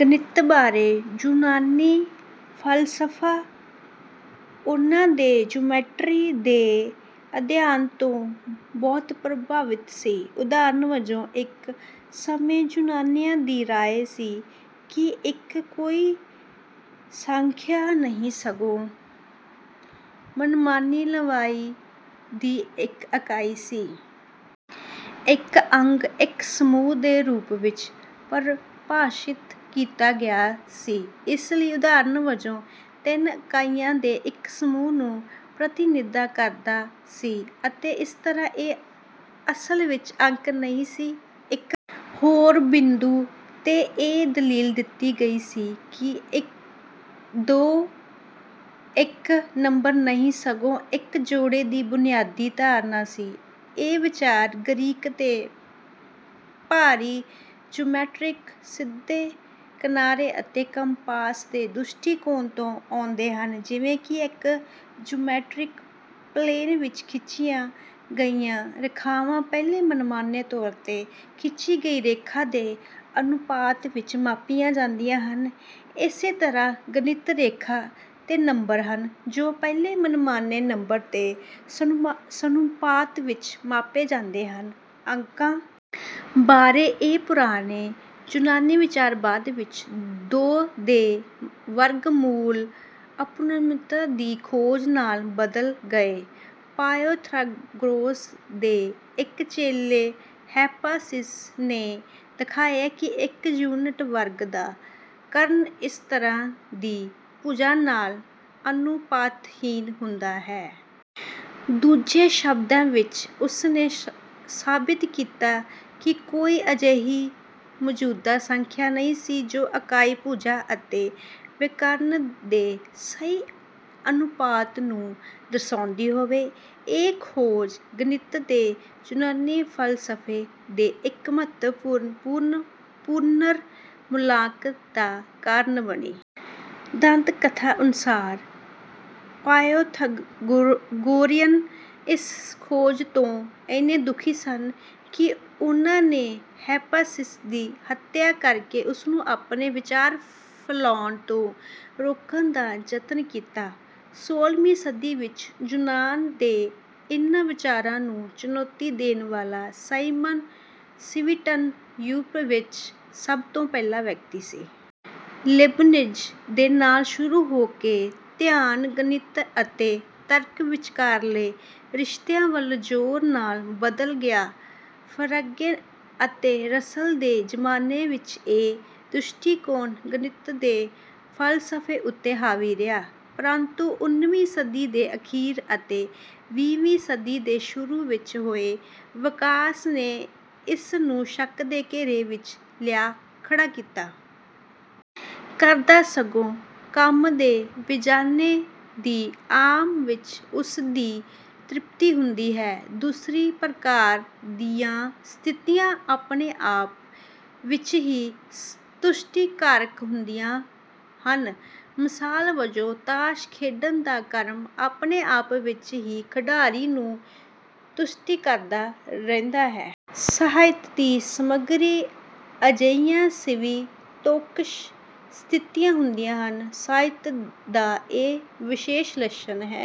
ਗਣਿਤ ਬਾਰੇ ਯੂਨਾਨੀ ਫ਼ਲਸਫ਼ਾ ਉਹਨਾਂ ਦੇ ਜਿਓਮੈਟਰੀ ਦੇ ਅਧਿਐਨ ਤੋਂ ਬਹੁਤ ਪ੍ਰਭਾਵਿਤ ਸੀ। ਉਦਾਹਰਣ ਵਜੋਂ, ਇੱਕ ਸਮੇਂ ਯੂਨਾਨੀਆਂ ਦੀ ਰਾਇ ਸੀ ਕਿ ਇੱਕ ਕੋਈ ਸੰਖਿਆ ਨਹੀਂ ਸੀ, ਸਗੋਂ ਮਨਮਾਨੀ ਲੰਬਾਈ ਦੀ ਇੱਕ ਇਕਾਈ ਸੀ। ਇੱਕ ਅੰਕ ਨੂੰ ਇੱਕ 'ਸਮੂਹ' ਦੇ ਰੂਪ ਵਿੱਚ ਪਰਿਭਾਸ਼ਿਤ ਕੀਤਾ ਗਿਆ ਸੀ। ਇਸ ਲਈ, ਉਦਾਹਰਣ ਵਜੋਂ, ਤਿੰਨ ਇਕਾਈਆਂ ਦੇ ਇੱਕ ਸਮੂਹ ਦੀ ਪ੍ਰਤੀਨਿਧਤਾ ਕਰਦਾ ਸੀ, ਅਤੇ ਇਸ ਤਰ੍ਹਾਂ ਇਹ "ਅਸਲ ਵਿੱਚ" ਅੰਕ ਨਹੀਂ ਸੀ। ਇੱਕ ਹੋਰ ਬਿੰਦੂ 'ਤੇ, ਇਹ ਦਲੀਲ ਦਿੱਤੀ ਗਈ ਸੀ ਕਿ ਦੋ ਇੱਕ ਨੰਬਰ ਨਹੀਂ ਸੀ, ਸਗੋਂ ਇੱਕ 'ਜੋੜੇ' ਦੀ ਬੁਨਿਆਦੀ ਧਾਰਨਾ ਸੀ। ਇਹ ਵਿਚਾਰ ਗ੍ਰੀਕ ਦੇ ਭਾਰੀ ਜਿਓਮੈਟ੍ਰਿਕ ਸਿੱਧੇ-ਕਿਨਾਰੇ-ਅਤੇ-ਕੰਪਾਸ ਦੇ ਦ੍ਰਿਸ਼ਟੀਕੋਣ ਤੋਂ ਆਉਂਦੇ ਹਨ: ਜਿਵੇਂ ਕਿ ਇੱਕ ਜਿਓਮੈਟ੍ਰਿਕ ਪਲੇਨ ਵਿੱਚ ਖਿੱਚੀਆਂ ਗਈਆਂ ਰੇਖਾਵਾਂ ਪਹਿਲੀ ਮਨਮਾਨੇ ਤੌਰ 'ਤੇ ਖਿੱਚੀ ਗਈ ਰੇਖਾ ਦੇ ਅਨੁਪਾਤ ਵਿੱਚ ਮਾਪੀਆਂ ਜਾਂਦੀਆਂ ਹਨ, ਇਸੇ ਤਰ੍ਹਾਂ ਗਿਣਤੀ ਰੇਖਾ 'ਤੇ ਨੰਬਰ ਹਨ ਜੋ ਪਹਿਲੇ ਮਨਮਾਨੇ "ਨੰਬਰ" ਦੇ ਸਮਾਨੁਪਾਤ ਵਿੱਚ ਮਾਪੇ ਜਾਂਦੇ ਹਨ। ਅੰਕਾਂ ਬਾਰੇ ਇਹ ਪੁਰਾਣੇ ਯੂਨਾਨੀ ਵਿਚਾਰ ਬਾਅਦ ਵਿੱਚ ਦੋ ਦੇ ਵਰਗ ਮੂਲ ਦੀ ਅਪਰਿਮੇਯਤਾ ਦੀ ਖੋਜ ਨਾਲ ਬਦਲ ਗਏ। ਪਾਇਥਾਗੋਰਾਸ ਦੇ ਇੱਕ ਚੇਲੇ ਹਿਪਾਸਸ ਨੇ ਦਿਖਾਇਆ ਕਿ ਇੱਕ ਯੂਨਿਟ ਵਰਗ ਦਾ ਕਰਨ ਇਸ ਦੀ ਭੁਜਾ ਨਾਲ ਅਨੁਪਾਤਹੀਣ ਹੁੰਦਾ ਹੈ। ਦੂਜੇ ਸ਼ਬਦਾਂ ਵਿੱਚ, ਉਸ ਨੇ ਸਾਬਤ ਕੀਤਾ ਕਿ ਕੋਈ ਅਜਿਹੀ ਮੌਜੂਦਾ ਸੰਖਿਆ ਨਹੀਂ ਸੀ ਜੋ ਇਕਾਈ ਭੁਜਾ ਅਤੇ ਵਿਕਰਣ ਦੇ ਸਹੀ ਅਨੁਪਾਤ ਨੂੰ ਦਰਸਾਉਂਦੀ ਹੋਵੇ। ਇਹ ਖੋਜ ਗਣਿਤ ਦੇ ਯੂਨਾਨੀ ਫ਼ਲਸਫ਼ੇ ਦੇ ਇੱਕ ਮਹੱਤਵਪੂਰਨ ਪੁਨਰ-ਮੁਲਾਂਕਣ ਦਾ ਕਾਰਨ ਬਣੀ। ਦੰਦ-ਕਥਾ ਅਨੁਸਾਰ, ਪਾਇਥਾਗੋਰੀਅਨ ਇਸ ਖੋਜ ਤੋਂ ਇੰਨੇ ਦੁਖੀ ਸਨ ਕਿ ਉਨ੍ਹਾਂ ਨੇ ਹਿਪਾਸਸ ਦੀ ਹੱਤਿਆ ਕਰਕੇ ਉਸ ਨੂੰ ਆਪਣੇ ਵਿਚਾਰ ਫੈਲਾਉਣ ਤੋਂ ਰੋਕਣ ਦਾ ਯਤਨ ਕੀਤਾ। ਸੋਲ੍ਹਵੀਂ ਸਦੀ ਵਿੱਚ ਯੂਨਾਨ ਦੇ ਇਹਨਾਂ ਵਿਚਾਰਾਂ ਨੂੰ ਚੁਣੌਤੀ ਦੇਣ ਵਾਲਾ ਸਾਈਮਨ ਸਟੇਵਿਨ ਯੂਰਪ ਵਿੱਚ ਸਭ ਤੋਂ ਪਹਿਲਾ ਵਿਅਕਤੀ ਸੀ। ਲੀਬਨਿਜ਼ ਦੇ ਨਾਲ ਸ਼ੁਰੂ ਹੋ ਕੇ, ਧਿਆਨ ਗਣਿਤ ਅਤੇ ਤਰਕ ਵਿਚਕਾਰਲੇ ਰਿਸ਼ਤਿਆਂ ਵੱਲ ਜ਼ੋਰ ਨਾਲ ਬਦਲ ਗਿਆ। ਫਰੇਗੇ ਅਤੇ ਰਸਲ ਦੇ ਜ਼ਮਾਨੇ ਵਿੱਚ ਇਹ ਦ੍ਰਿਸ਼ਟੀਕੋਣ ਗਣਿਤ ਦੇ ਫ਼ਲਸਫ਼ੇ ਉੱਤੇ ਹਾਵੀ ਰਿਹਾ। ਪਰੰਤੂ ਉਨੀਂ ਵੀਂ ਸਦੀ ਦੇ ਅਖੀਰ ਅਤੇ ਵੀਹ ਵੀਂ ਸਦੀ ਦੇ ਸ਼ੁਰੂ ਵਿੱਚ ਹੋਏ ਵਿਕਾਸ ਨੇ ਇਸ ਨੂੰ ਸ਼ੱਕ ਦੇ ਘੇਰੇ ਵਿੱਚ ਲਿਆ ਖੜ੍ਹਾ ਕੀਤਾ। ਕਰਦਾ, ਸਗੋਂ ਕੰਮ ਦੇ ਇਵਜ਼ਾਨੇ ਦੀ ਆਮ ਵਿੱਚ ਉਸ ਦੀ ਤ੍ਰਿਪਤੀ ਹੁੰਦੀ ਹੈ। ਦੂਸਰੀ ਪ੍ਰਕਾਰ ਦੀਆਂ ਸਥਿਤੀਆਂ ਆਪਣੇ ਆਪ ਵਿੱਚ ਹੀ ਤੁਸ਼ਟੀਕਾਰਕ ਹੁੰਦੀਆਂ ਹਨ। ਮਿਸਾਲ ਵਜੋਂ ਤਾਸ਼ ਖੇਡਣ ਦਾ ਕਰਮ ਆਪਣੇ ਆਪ ਵਿੱਚ ਹੀ ਖਿਡਾਰੀ ਦੀ ਤੁਸ਼ਟੀ ਕਰਦਾ ਰਹਿੰਦਾ ਹੈ। ਸਾਹਿਤ ਦੀ ਸਮੱਗਰੀ ਅਜਿਹੀਆਂ ਸਵੈ-ਤੌਸ਼ਕ ਸਥਿਤੀਆਂ ਹੁੰਦੀਆਂ ਹਨ। ਸਾਹਿਤ ਦਾ ਇਹ ਵਿਸ਼ੇਸ਼ ਲੱਛਣ ਹੈ